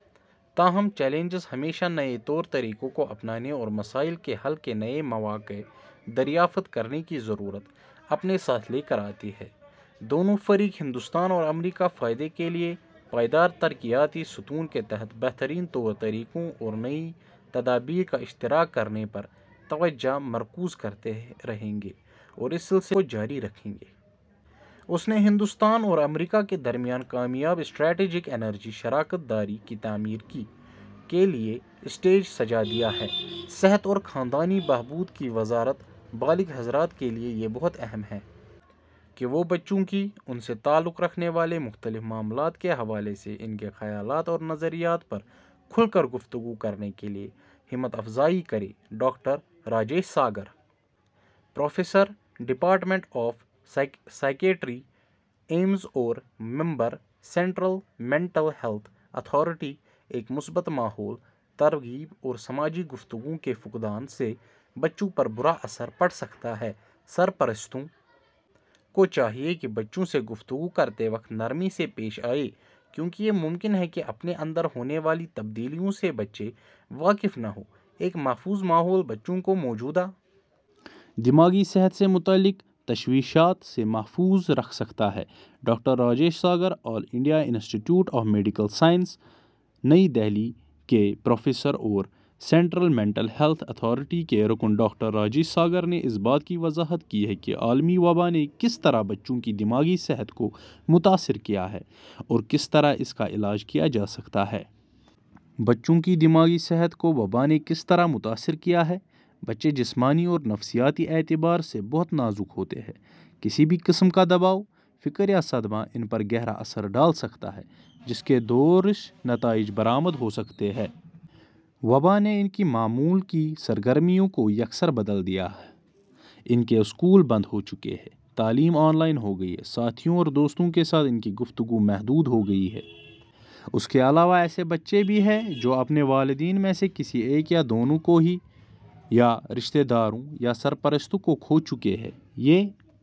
تاہم چیلنجز ہمیشہ نئے طور طریقوں کو اپنانے اور مسائل کے حل کے نئے مواقع دریافت کرنے کی ضرورت اپنے ساتھ لے کر آتے ہیں۔ دونوں فریق، ہندوستان اور امریکہ، فائدے کے لئے پائیدار ترقیاتی ستون کے تحت بہترین طور طریقوں اور نئی تدابیر کا اشتراک کرنے پر توجہ مرکوز کرتے رہیں گے اور اس سلسلے کو جاری رکھیں گے۔ اس نے ہندوستان اور امریکہ کے درمیان کامیاب اسٹریٹیجک انرجی شراکت داری کی تعمیر کے لئے اسٹیج سجادیا ہے۔ صحت اور خاندانی بہبود کی وزارت بالغ حضرات کے لئے یہ بہت اہم ہے کہ وہ بچوں کی ،ان سے تعلق رکھنے والے مختلف معاملات کے حوالے سے ان کے خیالات اور نظریات پر کھل کر گفتگو کرنے کے لئے ہمت افزائی کریں – doctor Rajesh Sagar, professor department of psychiatry, AIIMS اور member, central mental health authority ایک مثبت ماحول ، ترغیب اور سماجی گفتگو کے فقدان سے بچوں پر برا اثر پڑ سکتا ہے سرپرستوں کو چاہیئے کہ بچوں سے گفتگو کرتے وقت نرمی سے پیش آیئں کیونکہ یہ ممکن ہے کہ اپنے اندر ہونے والی تبدلیوں سے بچے واقف نہ ہوں ایک محفوظ ماحول بچوں کو موجودہ دماغی صحت سے متعلق تشویشات سے محفو ظ رکھ سکتا ہے – doctor Rajesh Sagar all India institute of medical sciences نئی دہلی کے پروفیسر اور سینٹرل مینٹل ہیلتھ اتھارٹی کے رکن ڈاکٹر راجیش ساگر نے اس بات کی وضاحت کی ہے کہ عالمی وبا نے کس طرح بچوں کی دماغی صحت کومتاثر کیا ہے اور کس طرح اس کا علاج کیا جا سکتا ہے ۔ بچوں کی دماغی صحت کو وبا نے کس طرح متاثر کیا ہے؟ بچے جسمانی اور نفسیاتی اعتبار سے بہت نازک ہوتے ہیں کسی بھی قسم کا دباؤ، فکر یا صدمہ ان پر گہرا اثر ڈال سکتا ہے جس کے دور رس نتائج برآمد ہو سکتے ہیں ۔ وبا نے ان کی معمول کی سرگرمیوں کو یکسر بدل دیا ہے – ان کے اسکول بند ہو چکے ہیں ، تعلیم آن لائن ہو گئی ہے، ساتھیوں اور دوستوں کے ساتھ ان کی گفتگو محدود ہو گئی ہے ۔ اس کے علاوہ ایسے بچے بھی ہیں جو اپنے والدین میں سے کسی ایک یا دونوں ہی کو ،یا رشتےداروں ، یا سرپرستوں کو کھو چکے ہیں ۔ یہ